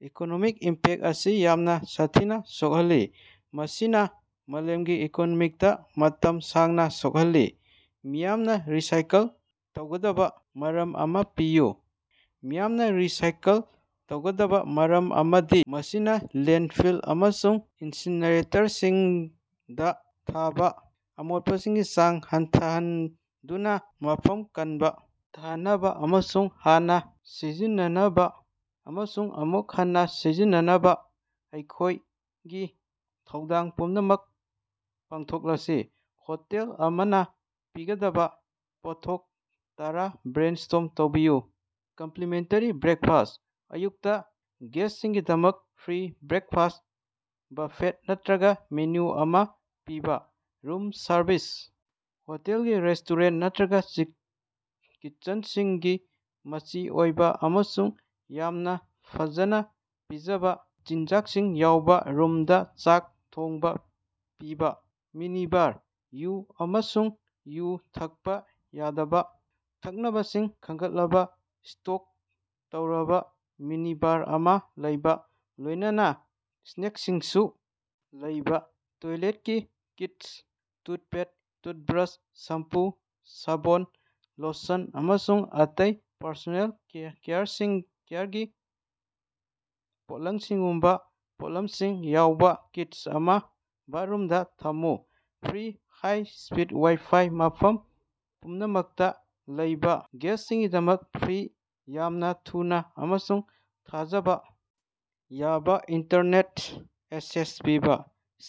Economic impact ꯑꯁꯤ ꯌꯥꯝꯅ ꯁꯥꯊꯤꯅ ꯁꯣꯛꯍꯜꯂꯤ, ꯃꯁꯤꯅ ꯃꯥꯂꯦꯝꯒꯤ ꯏꯀꯣꯅꯣꯃꯤꯗ ꯃꯇꯝ ꯁꯥꯡꯅ ꯁꯣꯛꯍꯜꯂꯤ꯫ ꯃꯤꯌꯥꯝꯅ ꯔꯤꯁꯥꯏꯀꯜ ꯇꯧꯒꯗꯕꯥ ꯃꯔꯝ ꯑꯃ ꯄꯤꯌꯨ꯫ ꯃꯤꯌꯥꯝꯅ ꯔꯤꯁꯥꯏꯀꯜ ꯇꯧꯒꯗꯕꯥ ꯃꯔꯝ ꯑꯃꯗꯤ ꯃꯁꯤꯅ ꯂꯦꯟꯗꯐꯤꯜ ꯑꯃꯁꯨꯡ ꯏꯟꯁꯤꯅꯦꯔꯦꯇꯔꯁꯤꯡꯗ ꯊꯥꯕ ꯑꯃꯣꯠꯄꯁꯤꯡꯒꯤ ꯆꯥꯡ ꯍꯟꯊꯍꯟꯗꯨꯅ ꯃꯐꯝ ꯀꯟꯕ, ꯍꯟꯊꯍꯟꯅꯕꯥ, ꯑꯃꯨꯛ ꯍꯥꯟꯅ ꯁꯤꯖꯤꯟꯅꯅꯕꯥ ꯑꯃꯁꯨꯡ ꯑꯃꯨꯛ ꯍꯟꯅ ꯁꯤꯖꯤꯟꯅꯅꯕꯥ ꯑꯩꯈꯣꯏꯒꯤ ꯊꯧꯗꯥꯡ ꯄꯨꯝꯅꯃꯛ ꯄꯥꯡꯊꯣꯛꯂꯁꯤ꯫ ꯍꯣꯇꯦꯜ ꯑꯃꯅ ꯄꯤꯒꯗꯕꯥ ꯄꯣꯠꯊꯣꯛ ꯇꯔꯥ ꯕ꯭ꯔꯦꯟꯁ꯭ꯇꯣꯔꯝ ꯇꯧꯕꯤꯌꯨ꯫ ꯀꯝꯄ꯭ꯂꯤꯃꯦꯟꯇꯔꯤ ꯕ꯭ꯔꯦꯛꯐꯥꯁ꯭ꯠ - ꯑꯌꯨꯛꯇ ꯒꯦꯁ꯭ꯇꯁꯤꯡꯒꯤꯗꯃꯛ ꯐ꯭ꯔꯤ ꯕ꯭ꯔꯦꯛꯐꯥꯁ꯭ꯠ ꯕꯐꯦꯠ ꯅꯠꯇꯔꯒ ꯃꯦꯅꯨ ꯑꯃ ꯄꯤꯕ꯫ ꯔꯨꯝ ꯁꯔꯚꯤꯁ - ꯍꯣꯇꯦꯜꯒꯤ ꯔꯦꯁ꯭ꯇꯣꯔꯦꯟꯇ ꯅꯠꯇꯔꯒ ꯆꯤ ꯀꯤꯆꯦꯟꯗꯒꯤ ꯃꯆꯤ ꯑꯣꯏꯕ ꯑꯃꯁꯨꯡ ꯌꯥꯝꯅ ꯐꯖꯅꯥ ꯄꯤꯖꯕꯥ ꯆꯤꯟꯖꯥꯛꯁꯤꯡ ꯌꯥꯎꯕ‌ ꯔꯨꯝꯗ ꯆꯥꯛ ꯊꯣꯡꯅꯕꯥ ꯄꯤꯕ꯫ ꯃꯤꯅꯤꯕꯥꯔ - ꯌꯨ ꯑꯃꯁꯨꯡ ꯌꯨ ꯊꯛꯄ ꯌꯥꯗꯕꯥ ꯊꯛꯅꯕꯁꯤꯡ ꯈꯟꯒꯠꯂꯕꯥ ꯁ꯭ꯇꯣꯛ ꯇꯧꯔꯕ ꯃꯤꯅꯤꯕꯥꯔ ꯑꯃ ꯂꯩꯕ, ꯂꯣꯏꯅꯅꯥ ꯁ꯭ꯅꯦꯛꯁꯤꯡꯁꯨ ꯂꯩꯕ꯫ ꯇꯣꯏꯂꯦꯠꯀꯤ ꯀꯤꯠ - ꯇꯨꯠꯄꯦꯁ꯭ꯠ, ꯇꯨꯠꯕ꯭ꯔꯁ, ꯁꯦꯝꯄꯨ, ꯁꯥꯄꯣꯟ, ꯂꯣꯁꯟ, ꯑꯃꯁꯨꯡ ꯑꯇꯩ ꯄꯔꯁꯣꯅꯦꯜ ꯀꯦꯌꯔꯁꯤꯡ ꯀꯦꯌꯔꯒꯤ ꯄꯣꯠꯂꯝꯁꯤꯡꯒꯨꯝꯕ ꯄꯣꯠꯂꯝꯁꯤꯡ ꯌꯥꯎꯕ ꯀꯤꯠ ꯑꯃ ꯕꯥꯊꯔꯨꯝꯗ ꯊꯝꯃꯨ꯫ ꯐ꯭ꯔꯤ ꯍꯥꯏ-ꯁ꯭ꯄꯤꯗ ꯋꯥꯏ-ꯐꯥꯏ - ꯃꯐꯝ ꯄꯨꯝꯅꯃꯛꯇ ꯂꯩꯕ ꯒꯦꯁ꯭ꯇꯁꯤꯡꯒꯤꯗꯃꯛ ꯐ꯭ꯔꯤ, ꯌꯥꯝꯅ ꯊꯨꯅ ꯑꯃꯁꯨꯡ ꯊꯥꯖꯕꯥ ꯌꯥꯕ ꯏꯟꯇꯔꯅꯦꯠ ꯑꯦꯛꯁꯦꯁ ꯄꯤꯕ꯫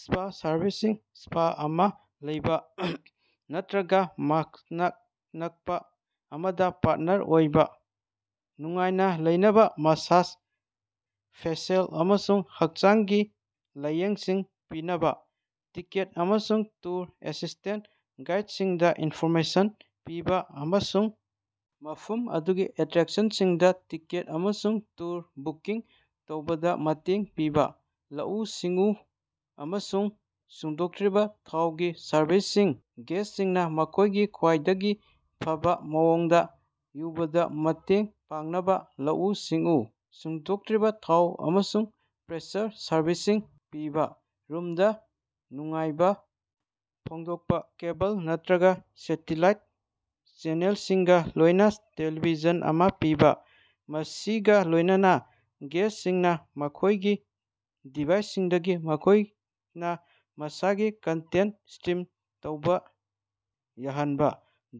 ꯁ꯭ꯄꯥ ꯁꯔꯚꯤꯁꯁꯤꯡ - ꯁ꯭ꯄꯥ ꯑꯃ ꯂꯩꯕ ꯅꯠꯇꯔꯒ ꯃꯅꯥꯛ ꯅꯛꯄ ꯑꯃꯒ ꯄꯥꯔꯇꯅꯔ ꯑꯣꯏꯕ, ꯅꯨꯡꯉꯥꯏꯅ ꯂꯩꯅꯕ ꯃꯦꯁꯦꯖ, ꯐꯦꯁꯤꯑꯦꯜ, ꯑꯃꯁꯨꯡ ꯍꯛꯆꯥꯡꯒꯤ ꯂꯥꯌꯦꯡꯁꯤꯡ ꯄꯤꯅꯕꯥ꯫ ꯇꯤꯀꯦꯠ ꯑꯃꯁꯨꯡ ꯇꯨꯔ ꯑꯦꯁꯤꯁ꯭ꯇꯦꯟꯁ - ꯒꯦꯁ꯭ꯇꯁꯤꯡꯗ ꯏꯟꯐꯣꯔꯃꯦꯁꯟ ꯄꯤꯕ ꯑꯃꯁꯨꯡ ꯃꯐꯝ ꯑꯗꯨꯒꯤ ꯑꯦꯇꯔꯦꯛꯁꯟꯁꯤꯡꯗ‌ ꯇꯤꯀꯦꯠ ꯑꯃꯁꯨꯡ ꯇꯨꯔ ꯕꯨꯀꯤꯡ ꯇꯧꯕꯗ ꯃꯇꯦꯡ ꯄꯤꯕ꯫ ꯂꯧꯎ-ꯁꯤꯡꯎ ꯑꯃꯁꯨꯡ ꯁꯨꯡꯗꯣꯛꯇꯔꯤꯕ ꯊꯥꯎꯒꯤ ꯁꯔꯚꯤꯁꯁꯤꯡ - ꯒꯦꯁ꯭ꯇꯁꯤꯡꯅ ꯃꯈꯣꯏꯒꯤ ꯈ꯭ꯋꯥꯏꯗꯒꯤ ꯐꯕꯥ ꯃꯑꯣꯡꯗ ꯎꯕꯗꯥ ꯃꯇꯦꯡ ꯄꯥꯡꯅꯕꯥ ꯂꯧꯎ-ꯁꯤꯡꯎ, ꯁꯨꯡꯗꯣꯛꯇꯔꯤꯕ ꯊꯥꯎ, ꯑꯃꯁꯨꯡ ꯄ꯭ꯔꯦꯁꯔ ꯁꯔꯚꯤꯁꯁꯤꯡ ꯄꯤꯕ꯫ ꯔꯨꯝꯗ ꯅꯨꯡꯉꯥꯏꯕ ꯐꯣꯡꯗꯣꯛꯄ - ꯀꯦꯕꯜ ꯅꯠꯇꯔꯒ ꯁꯦꯇꯦꯂꯥꯏꯠ ꯆꯦꯅꯦꯜꯁꯤꯡꯒ ꯂꯣꯏꯅꯅ ꯇꯦꯂꯤꯚꯤꯖꯟ ꯑꯃ ꯄꯤꯕ, ꯃꯁꯤꯒ ꯂꯣꯏꯅꯅ ꯒꯦꯁ꯭ꯇꯁꯤꯡꯅ ꯃꯈꯣꯏꯒꯤ ꯗꯤꯚꯥꯏꯁꯁꯤꯡꯗꯒꯤ ꯃꯈꯣꯏꯅ ꯃꯁꯥꯒꯤ ꯀꯟꯇꯦꯟꯇ ꯁ꯭ꯇꯔꯤꯝ ꯇꯧꯕ ꯌꯥꯍꯟꯕ꯫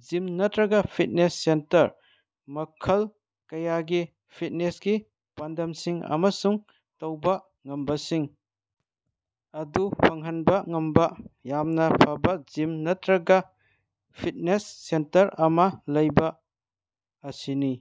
ꯖꯤꯝ ꯅꯠꯇꯔꯒ ꯐꯤꯠꯅꯦꯁ ꯁꯦꯟꯇꯔ - ꯃꯈꯜ ꯀꯌꯥꯒꯤ ꯐꯤꯠꯅꯦꯁꯀꯤ ꯄꯥꯟꯗꯝꯁꯤꯡ ꯑꯃꯁꯨꯡ ꯇꯧꯕ ꯉꯝꯕꯁꯤꯡ ꯑꯗꯨ ꯐꯪꯍꯟꯕ ꯉꯝꯕ ꯌꯥꯝꯅ ꯐꯕꯥ ꯖꯤꯝ ꯅꯠꯇꯔꯒ ꯐꯤꯠꯅꯦꯁ ꯁꯦꯟꯇꯔ ꯑꯃ ꯂꯩꯕ ꯑꯁꯤꯅꯤ꯫